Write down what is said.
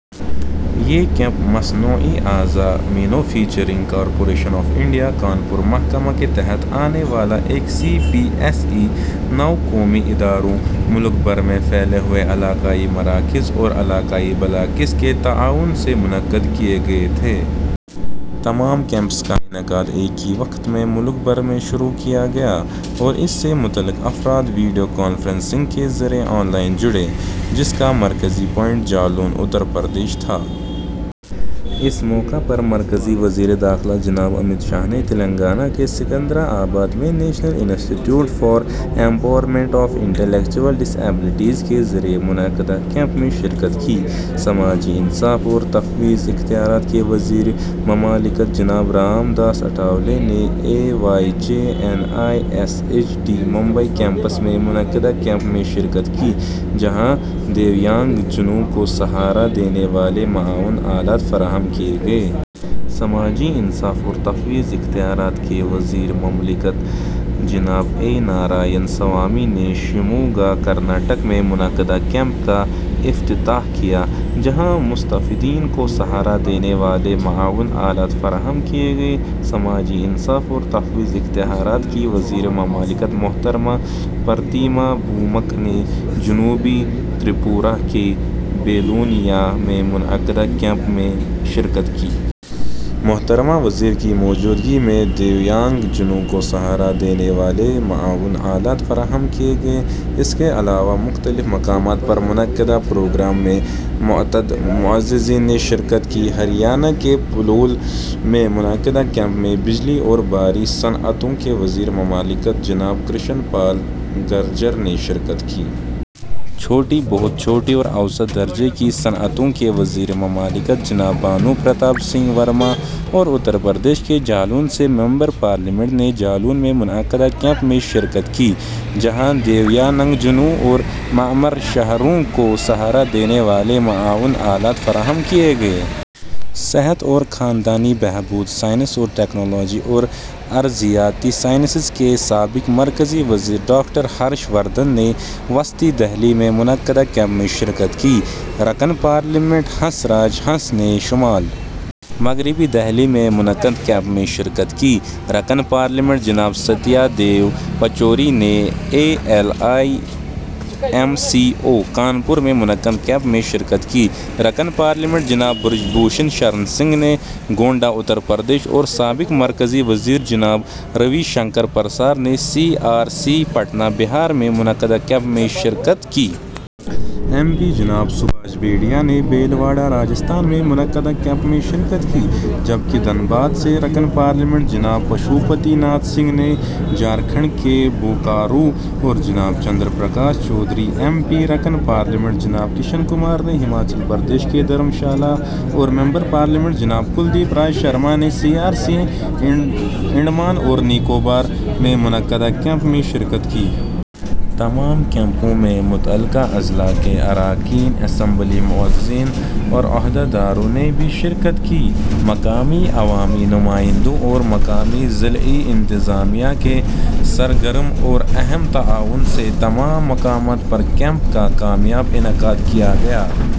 یہ کیمپ مصنوعی اعضاء manufacturing corporation of India, Kanpur, محکمہ کے تحت آنے والا ایک سی پی ایس ای ، نو قومی اداروں، ملک بھر میں پھیلے ہوئے علاقائی مراکز اور علاقائی بلاکس کے تعاون سے منعقد کیے گئے تھے۔ تمام کیمپس کا انعقاد ایک ہی وقت میں ملک بھر میں شروع کیا گیا اور اس سے متعلق افراد ویڈیو کانفرنسنگ کے ذریعے آن لائن جڑے، جس کا مرکزی پوائنٹ جالون، اتر پردیش تھا۔ اس موقع پر مرکزی وزیر داخلہ جناب امت شاہ نے تلنگانہ کے سکندرآباد میں national institute for empowerment of intellectual disabilities کے ذریعہ منعقدہ کیمپ میں شرکت کی۔ سماجی انصاف اور تفویض اختیارات کے وزیر مملکت جناب رام داس اٹھاولے نے A Y J N I S H D, Mumbai campus میں منعقدہ کیمپ میں شرکت کی، جہاں دیویانگ جنوں کو سہارا دینے والے معاون آلات فراہم کیے گئے۔ سماجی انصاف اور تفویض اختیارات کے وزیر مملکت جناب اے۔ نارائن سوامی نے شیموگا، کرناٹک میں منعقدہ کیمپ کا افتتاح کیا، جہاں مستفیدین کو سہارا دینے والے معاون آلات فراہم کیے گئے۔ سماجی انصاف اور تفویض اختیارات کی وزیر مملکت محترمہ پرتیما بھومک، نے جنوبی تریپورہ کے بیلونیا میں منعقدہ کیمپ میں شرکت کی۔ محترمہ وزیر کی موجودگی میں دیویانگ جنوں کو سہارا دینے والے معاون آلات فراہم کیے گئے۔ اس کے علاوہ مختلف مقامات پر منعقدہ پروگرام میں متعدد معززین نے شرکت کی۔ ہریانہ کے پلول میں منعقدہ کیمپ میں بجلی اور بھاری صنعتوں کے وزیر مملکت جناب کرشن پال گرجر نے شرکت کی۔ چھوٹی، بہت چھوٹی اور اوسط درجے کی صنعتوں کے وزیر مملکت جناب بھانو پرتاپ سنگھ ورما، اور اترپردیش کے جالون سے ممبر پارلیمنٹ نے جالون میں منعقدہ کیمپ میں شرکت کی، جہاں دیویانگجنوں اور معمر شہریوں کو سہارا دینے والے معاون آلات فراہم کیے گئے۔ صحت اور خاندانی بہبود، سائنس اور ٹیکنالوجی اور ارضیاتی سائنسز کے سابق مرکزی وزیر ڈاکٹر ہرش وردھن نے وسطی دہلی میں منعقدہ کیمپ میں شرکت کی۔ رکن پارلیمنٹ ہنس راج ہنس نے شمال مغربی دہلی میں منعقد کیمپ میں شرکت کی، رکن پارلیمنٹ جناب ستیہ دیو پچوری نےاے L I M C O, Kanpur میں منعقد کیمپ میں شرکت کی، رکن پارلیمنٹ جناب برج بھوشن شرن سنگھ نے گونڈہ، اتر پردیش اور سابق مرکزی وزیرجناب روی شنکر پرسار نے سی آر سی پٹنہ، بہار میں منعقدہ کیمپ میں شرکت کی۔ ایم پی جناب سبھاش بہیڈیا نے بھیلواڑہ، راجستھان میں منعقدہ کیمپ میں شرکت کی جبکہ دھنباد سے رکن پارلیمنٹ جناب پشوپتی ناتھ سنگھ نے جھارکھنڈ کے بوکارو، اور جناب چندر پرکاش چودھری، ایم پی ،رکن پارلیمنٹ جناب کشن کمار نے ہماچل پردیش کے دھرم شالہ اور ممبر پارلیمنٹ جناب کلدیپ رائے شرما نے سی آر سی انڈمان اور نکوبار میں منعقدہ کیمپ میں شرکت کی۔ تمام کیمپوں میں متعلقہ اضلاع کے اراکین اسمبلی، معززین اور عہدیداروں نے بھی شرکت کی۔ مقامی عوامی نمائندوں اور مقامی ضلعی انتظامیہ کے سرگرم اور اہم تعاون سے تمام مقامات پر کیمپ کا کامیاب انعقاد کیا گیا۔